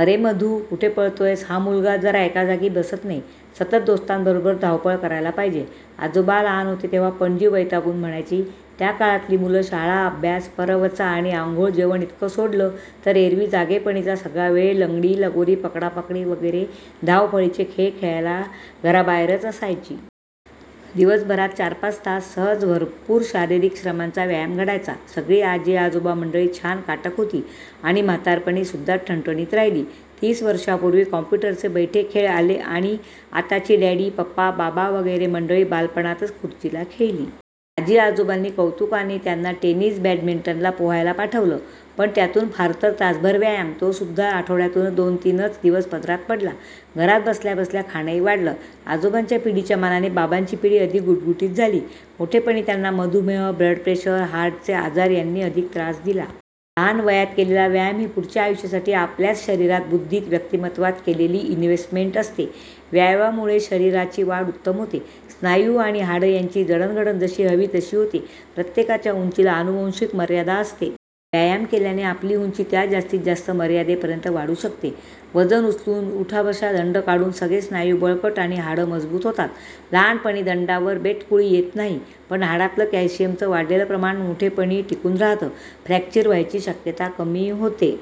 "अरे मधू, कुठे पळतोयस? हा मुलगा जरा एकाजागी बसत नाही! सतत दोस्तांबरोबर धावपळ करायला पाहिजे! " आजोबा लहान होते तेव्हा पणजी वैतागून म्हणायची! त्या काळातली मुलं शाळा-अभ्यास-परवचा आणि अंघोळ-जेवण इतकं सोडलं तर एरवी जागेपणीचा सगळा वेळ लंगडी, लगोरी, पकडापकडी वगैरे धावपळीचे खेळ खेळायला घराबाहेरच असायची. दिवसभरात चारपाच तास सहज भरपूर शारीरिक श्रमांचा व्यायाम घडायचा. सगळी आजी-आजोबामंडळी छान काटक होती आणि म्हातारपणीसुद्धा ठणठणीत राहिली. तीस वर्षांपूर्वी कॉम्प्युटरचे बैठे खेळ आले आणि आताची डॅडी, पप्पा, बाबा वगैरे मंडळी बालपणातच खुर्चीला खिळली. आजीआजोबांनी कौतुकाने त्यांना टेनिस-बॅडमिंटनला, पोहायला पाठवलं. पण त्यातून फारतर तासभर व्यायाम, तोसुद्धा आठवड्यातून दोन-तीनच दिवस पदरात पडला. घरात बसल्याबसल्या खाणंही वाढलं. आजोबांच्या पिढीच्या मानाने बाबांची पिढी अधिक गुटगुटीत झाली. मोठेपणी त्यांना मधुमेह, ब्लड प्रेशर, हार्टचे आजार यांनी अधिक त्रास दिला. लहान वयात केलेला व्यायाम ही पुढच्या आयुष्यासाठी आपल्याच शरीरात, बुद्धीत, व्यक्तिमत्त्वात केलेली इनव्हेस्टमेंट असते. व्यायामामुळे शरीराची वाढ उत्तम होते. स्नायू आणि हाडं यांची जडणघडण जशी हवी तशी होते. प्रत्येकाच्या उंचीला आनुवांशिक मर्यादा असते. व्यायाम केल्याने आपली उंची त्या जास्तीत जास्त मर्यादेपर्यंत वाढू शकते. वजनं उचलून, उठाबशा-दंड काढून सगळे स्नायू बळकट आणि हाडं मजबूत होतात. लहानपणी दंडावर बेटकुळी येत नाही. पण हाडांतलं कॅल्शियमचं वाढलेलं प्रमाण मोठेपणीही टिकून राहातं, फ्रॅक्चर व्हायची शक्यता कमी होते.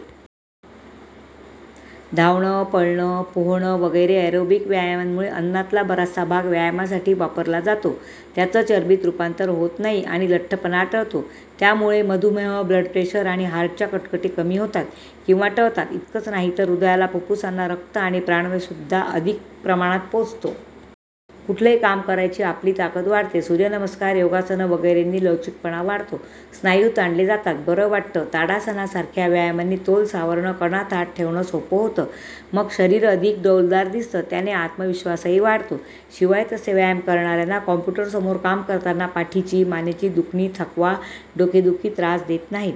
धावणं, पळणं, पोहणं वगैरे एरोबिक व्यायामांमुळे अन्नातला बराचसा भाग व्यायामासाठी वापरला जातो, त्याचं चरबीत रूपांतर होत नाही आणि लठ्ठपणा टळतो. त्यामुळे मधुमेह, ब्लड प्रेशर आणि हार्टच्या कटकटी कमी होतात किंवा टळतात. इतकंच नाही तर हृदयाला, फुप्फुसांना रक्त आणि प्राणवायूसुद्धा अधिक प्रमाणात पोचतो. कुठलंही काम करायची आपली ताकद वाढते. सूर्यनमस्कार, योगासनं वगैरेंनी लवचिकपणा वाढतो, स्नायू ताणले जातात, बरं वाटतं. ताडासनासारख्या व्यायामांनी तोल सावरणं, कणा ताठ ठेवणं सोपं होतं. मग शरीर अधिक डौलदार दिसतं. त्याने आत्मविश्वासही वाढतो. शिवाय तसे व्यायाम करणाऱ्यांना कॉम्प्युटरसमोर काम करताना पाठीची, मानेची दुखणी, थकवा, डोकेदुखी त्रास देत नाहीत.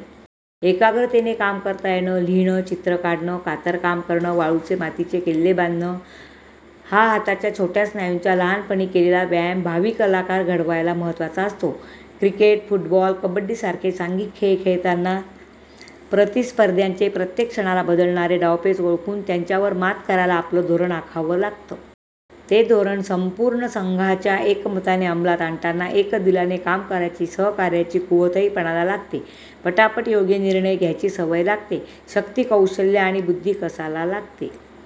एकाग्रतेने काम करता येतं. लिहिणं, चित्र काढणं, कातरकाम करणं, वाळूचे, मातीचे किल्ले बांधणं हा हाताच्या छोट्या स्नायूंचा लहानपणी केलेला व्यायाम भावी कलाकार घडवायला महत्त्वाचा असतो. क्रिकेट, फुटबॉल, कबड्डीसारखे सांघिक खेळ खेळताना प्रतिस्पर्ध्यांचे प्रत्येक क्षणाला बदलणारे डावपेच ओळखून त्यांच्यावर मात करायला आपलं धोरण आखावं लागतं. ते धोरण संपूर्ण संघाच्या एकमताने अमलात आणताना एकदिलाने काम करायची, सहकार्याची कुवतही पणाला लागते. पटापट योग्य निर्णय घ्यायची सवय लागते. शक्ती, कौशल्य आणि बुद्धी कसाला लागते.